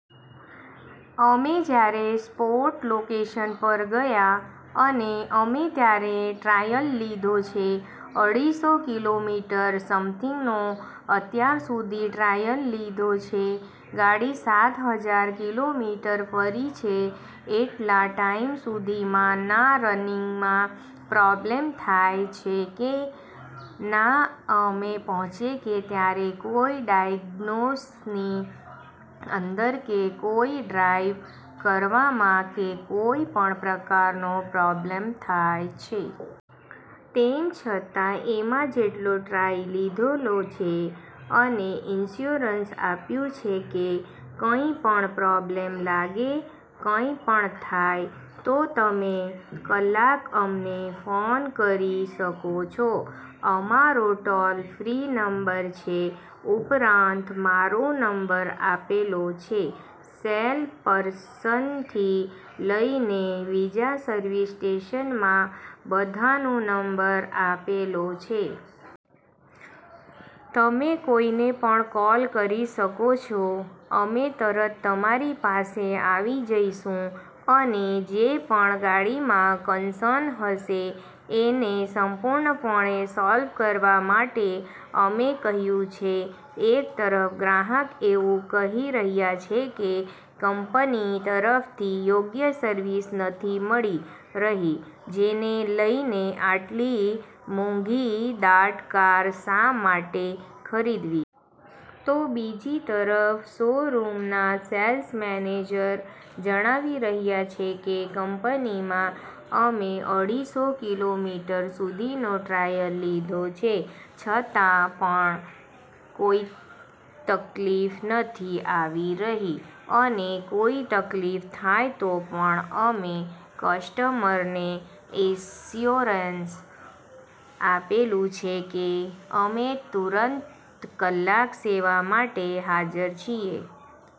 અમે જ્યારે sport location પર ગયા અને અમે ત્યારે ટ્રાયલ લીધો છે. અઢીસો કિલોમીટર સમથીંગનો અત્યાર સુધી ટ્રાયલ લીધો છે. ગાડી સાત હજાર કિલોમીટર ફરી છે. એટલા ટાઈમ સુધીમાં ના રનીંગમાં પ્રોબ્લેમ થાય છે કે ના અમે પહોંચે છે ત્યારે કોઈ ડાયગ્નોસની અંદર કે, કોઈ ડ્રાઈવ કરવામાં, કે કોઈ પણ પ્રકારનો પ્રોબ્લેમ થાય છે. તેમ છતાં એમાં જેટલો ટ્રાય લીધેલો છે અને ઇન્સ્યોરન્સ આપ્યું છે કે કંઈ પણ પ્રોબ્લેમ લાગે કંઈ પણ થાય તો તમે કલાક અમને ફોન કરી શકો છો. અમારો ટોલ ફ્રી નંબર છે, ઉપરાંત મારો નંબર આપેલો છે, સેલ પર્સનથી લઈને બીજા સર્વિસ સ્ટેશનમાં બધાનો નંબર આપેલો છે. તમે કોઈને પણ કોલ કરી શકો છો. અમે તરત તમારી પાસે આવી જઈશું અને જે પણ ગાડીમાં કન્શન હશે એને સંપૂર્ણપણે સોલ્વ કરવા માટે અમે કહ્યું છે. " એક તરફ ગ્રાહક એવું કહી રહ્યા છે કે કંપની તરફથી યોગ્ય સર્વિસ નથી મળી રહી જેને લઈને આટલી મોંઘીદાટ કાર શા માટે ખરીદવી? તો બીજી તરફ શોરૂમના સેલ્સ મેનેજર જણાવી રહ્યા છે કે કંપનીમાં અમે અઢીસો કિલોમીટર સુધીનો ટ્રાયલ લીધો છે. છતાં પણ કોઈતકલીફ નથી આવી રહી અને કોઈ તકલીફ થાય તો પણ અમે કસ્ટમરને એશ્યોરન્સ આપેલું છે કે અમે તુરંતકલાક સેવા માટે હાજર છીએ.